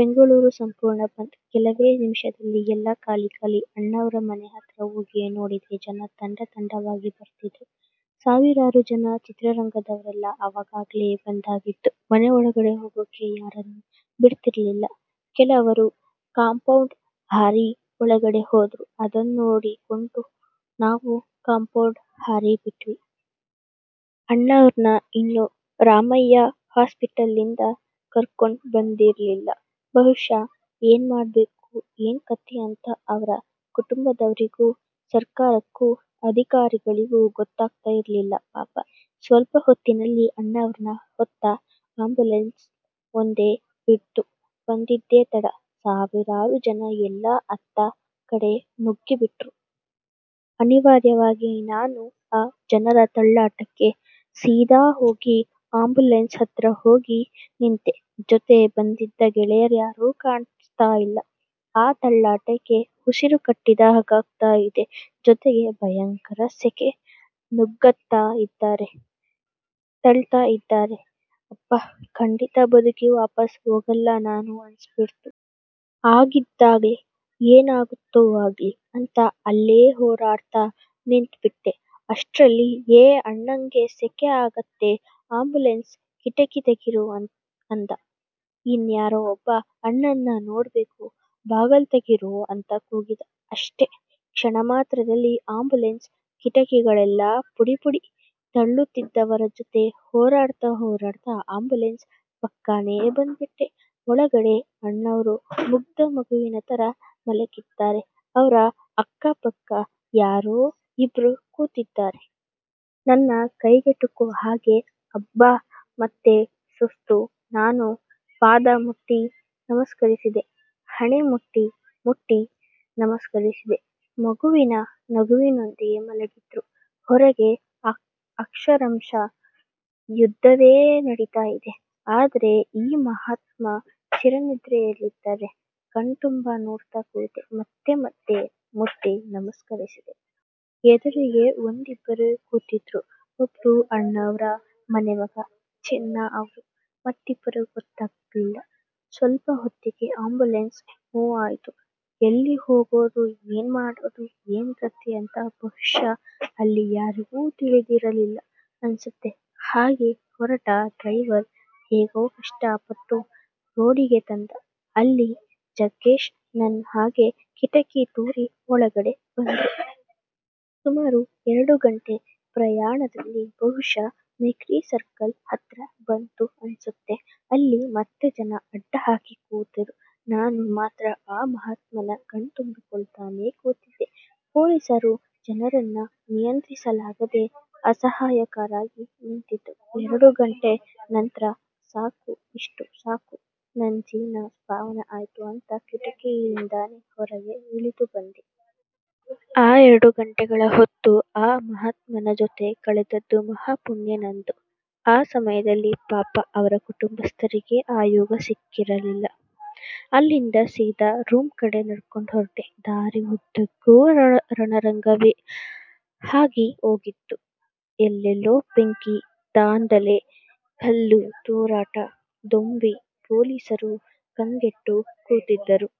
ಬೆಂಗಳೂರು ಸಂಪೂರ್ಣ ಬಂದ್. ಕೆಲವೇ ನಿಮಿಷದಲ್ಲಿ ಎಲ್ಲಾ ಖಾಲಿ ಖಾಲಿ, ಅಣ್ಣಾವ್ರ ಮನೆ ಹತ್ರ ಹೋಗಿ ನೋಡಿದ್ರೆ ಜನ ತಂಡ ತಂಡವಾಗಿ ಬರ್ತಿದ್ರು ಸಾವಿರಾರು ಜನ, ಚಿತ್ರರಂಗದವ್ರೆಲ್ಲ ಅವಾಗಾಗ್ಲೆ ಬಂದಾಗಿತ್ತು.. ಮನೆ ಒಳಗಡೆ ಹೋಗೋಕೆ ಯಾರನ್ನೂ ಬಿಡ್ತಿರ್ಲಿಲ್ಲ, ಕೆಲವರು ಕಾಂಪೌಂಡ್ ಹಾರಿ ಒಳಗಡೆ ಹೋದ್ರು, ಅದನ್ನೋಡಿಕೊಂಡ್ ನಾವೂ ಕಾಂಪೌಂಡ್ ಹಾರೆಬಿಟ್ವಿ. ಅಣ್ಣಾವ್ರನ್ನ ಇನ್ನೂ ರಾಮಯ್ಯ ಹಾಸ್ಪಿಟಲ್ನಿಂದ ಕರ್ಕೊಂಡ್ ಬಂದಿರಲಿಲ್ಲ, ಬಹುಶಃ ಏನ್ ಮಾಡ್ಬೇಕು, ಏನ್ ಕತೆ ಅಂತ ಅವ್ರ ಕುಟುಂಬದವ್ರಿಗೂ, ಸರಕಾರಕ್ಕೂ, ಅಧಿಕಾರಿಗಳಿಗೂ ಗೊತ್ತಾಗ್ತಾ ಇರ್ಲಿಲ್ಲ ಪಾಪ. ಸ್ವಲ್ಪ ಹೊತ್ತಿನಲ್ಲಿ ಅಣ್ಣಾವ್ರನ್ನ ಹೊತ್ತ ಅಂಬುಲನ್ಸ್ ಬಂದೇ ಬಿಡ್ತು. ಬಂದಿದ್ದೆ ತಡ ಸಾವಿರಾರು ಜನ ಎಲ್ಲ ಅತ್ತ ಕಡೆ ನುಗ್ಗಿಬಿಟ್ರು. ಅನಿವಾರ್ಯವಾಗಿ ನಾನೂ ಆ ಜನರ ತಳ್ಳಾಟಕ್ಕೆ ಸೀದಾ ಹೋಗಿ ಅಂಬುಲನ್ಸ್ ಹತ್ರ ಹೋಗಿ ನಿಂತೇ, ಜೊತೆ ಬಂದಿದ್ದ ಗೆಳೆಯರ್ಯಾರೂ ಕಾಣಿಸ್ತಾ ಇಲ್ಲ, ಆ ತಳ್ಳಾಟಕ್ಕೆ, ಉಸಿರು ಕಟ್ಟಿದ ಹಾಗಾಗ್ತಾ ಇದೆ. ಜೊತೆಗೆ ಭಯಂಕರ ಸೆಖೆ, ನುಗ್ಗತಾ ಇದಾರೆ, ತಳ್ತಾ ಇದಾರೆ. ಅಬ್ಬಾ ಖಂಡಿತ ಬದುಕಿ ವಾಪಸ್ ಹೋಗಲ್ಲ ನಾನು ಅನ್ನಿಸ್ಬಿಡ್ತು. ಆಗಿದ್ದಾಗಲಿ, ಏನ್ ಆಗತ್ತೊ ಆಗ್ಲಿ ಅಂತ ಅಲ್ಲೇ ಹೊರಾಡ್ತ ನಿಂತ್ಬಿಟ್ಟೆ. ಅಷ್ಟರಲ್ಲಿ "ಏ ಅಣ್ಣಂಗೆ ಸೆಖೆ ಆಗತ್ತೆ ಆಂಬುಲೆನ್ಸ್ ಕಿಟಕಿ ತೆಗಿರೋ ಅಂದ. ಇನ್ ಯಾರೊ ಒಬ್ಬ ಅಣ್ಣನ್ನ ನೋಡ್ಬೇಕು ಬಾಗಲ್ ತೆಗಿರೋ' ಅಂತ ಕೂಗಿದ. ಅಷ್ಟೇ.. ಕ್ಷಣಮಾತ್ರದಲ್ಲಿ ಅಂಬುಲನ್ಸ್ ಕಿಟಕಿಗಳೆಲ್ಲ ಪುಡಿ ಪುಡಿ. ತಳ್ಳುತ್ತಿದ್ದವರ ಜೊತೆ ಹೊರಾಡ್ತ ಹೊರಾಡ್ತ ಅಂಬುಲನ್ಸ್ ಪಕ್ಕಾನೆ ಬಂದ್ಬಿಟ್ಟೆ, ಒಳಗಡೆ ಅಣ್ಣಾವ್ರು ಮುಗ್ದ ಮಗುವಿನ ಥರ ಮಲಗಿದ್ದಾರೆ, ಅವ್ರ ಅಕ್ಕಪಕ್ಕ ಯಾರೋ ಇಬ್ರು ಕೂತಿದಾರೆ. ನನ್ನ ಕೈಗೆಟುಕೊ ಹಾಗೆ ಅಬ್ಬಾ, ಮತ್ತೆ ಸುಸ್ತು ನಾನು, ಪಾದ ಮುಟ್ಟಿ ನಮಸ್ಕರಿಸಿದೆ. ಹಣೆ ಮುಟ್ಟಿ ಮುಟ್ಟಿ ನಮಸ್ಕರಿಸಿದೆ, ಮಗುವಿನ ನಗುವಿನೊಂದಿಗೆ ಮಲಗಿದ್ರು, ಹೊರಗೆ ಅಕ್ಷರಶಃ ಯುದ್ಧವೇ ನಡೀತಾ ಇದೆ, ಆದ್ರೆ ಈ ಮಹಾತ್ಮ ಚಿರ ನಿದ್ರೆಲಿದಾರೆ. ಕಣ್ತುಂಬ ನೋಡ್ತಾ ಕೂತೆ, ಮತ್ತೆ ಮತ್ತೆ ಮುಟ್ಟಿ ನಮಸ್ಕರಿಸಿದೆ. ಎದುರಿಗೆ ಒಂದಿಬ್ಬರು ಕೂತಿದ್ರು, ಒಬ್ರು ಅಣ್ಣಾವ್ರ ಮನೆಮಗ ಚೆನ್ನ ಅವ್ರು, ಮತ್ತಿಬ್ಬರು ಗೊತ್ತಾಗ್ಲಿಲ್ಲ. ಸ್ವಲ್ಪ ಹೊತ್ತಿಗೆ ಅಂಬುಲನ್ಸ್ ಮೂವ್ ಆಯಿತು, ಎಲ್ಲಿ ಹೋಗೋದು, ಏನ್ ಮಾಡೋದು, ಏನ್ ಕತೆ ಅಂತ ಬಹುಶಃ ಅಲ್ಲಿ ಯಾರಿಗೂ ತಿಳಿದಿರಲಿಲ್ಲ ಅನ್ಸತ್ತೆ, ಹಾಗೆ ಹೊರಟ ಡ್ರೈವರ್ ಹೇಗೋ ಕಷ್ಟಪಟ್ಟು ರೋಡಿಗೆ ತಂದ, ಅಲ್ಲಿ ಜಗ್ಗೇಶ್ ನನ್ ಹಾಗೆ ಕಿಟಕಿ ತೂರಿ ಒಳಗಡೆ ಬಂದ್ರು. ಸುಮಾರು ಎರಡು ಗಂಟೆ ಪ್ರಯಾಣದಲ್ಲಿ ಬಹುಶಃ ಮೆಕ್ರಿ ಸರ್ಕಲ್ ಹತ್ರ ಬಂತು ಅನ್ಸತ್ತೆ, ಅಲ್ಲಿ ಮತ್ತೆ ಜನ ಅಡ್ಡ ಹಾಕಿ ಕೂತರು. ನಾನು ಮಾತ್ರ ಆ ಮಹಾತ್ಮನ್ನ ಕಣ್ ತುಂಬಿಕೊಳ್ತಾನೆ ಕೂತಿದ್ದೆ, ಪೊಲೀಸರು ಜನರನ್ನ ನಿಯಂತ್ರಿಸಲಾಗದೆ ಅಸಹಾಯಕರಾಗಿ ನಿಂತಿದ್ರು, ಎರಡು ಗಂಟೆ ನಂತ್ರ ಸಾಕು ಇಷ್ಟು ಸಾಕು ನನ್ ಜೀವ್ನ ಪಾವನ ಆಯಿತು ಅಂತ ಕಿಟಕಿ ಇಂದಾನೆ ಹೊರಗೆ ಇಳಿದುಬಂದೆ. ಆ ಎರಡು ಗಂಟೆಗಳ ಹೊತ್ತು ಆ ಮಹಾತ್ಮನ ಜೊತೆ ಕಳೆದದ್ದು ಮಹಾ ಪುಣ್ಯ ನಂದು. ಆ ಸಮಯದಲ್ಲಿ ಪಾಪ ಅವ್ರ ಕುಟುಂಬಸ್ತರಿಗೆ ಆ ಯೋಗ ಸಿಕ್ಕಿರಲಿಲ್ಲ, ಅಲ್ಲಿಂದ ಸೀದಾ ರೂಮ್ ಕಡೆ ನಡ್ಕೊಂಡ್ ಹೊರಟೆ ದಾರಿ ಉದ್ದಕೂ ರಣರಂಗವೆ ಆಗಿ ಹೋಗಿತ್ತು, ಎಲ್ಲೆಲ್ಲೂ ಬೆಂಕಿ, ದಾಂಧಲೆ, ಕಲ್ಲು ತೂರಾಟ, ದೊಂಬಿ, ಪೊಲೀಸರು ಕಂಗೆಟ್ಟು ಕೂತಿದ್ದರು.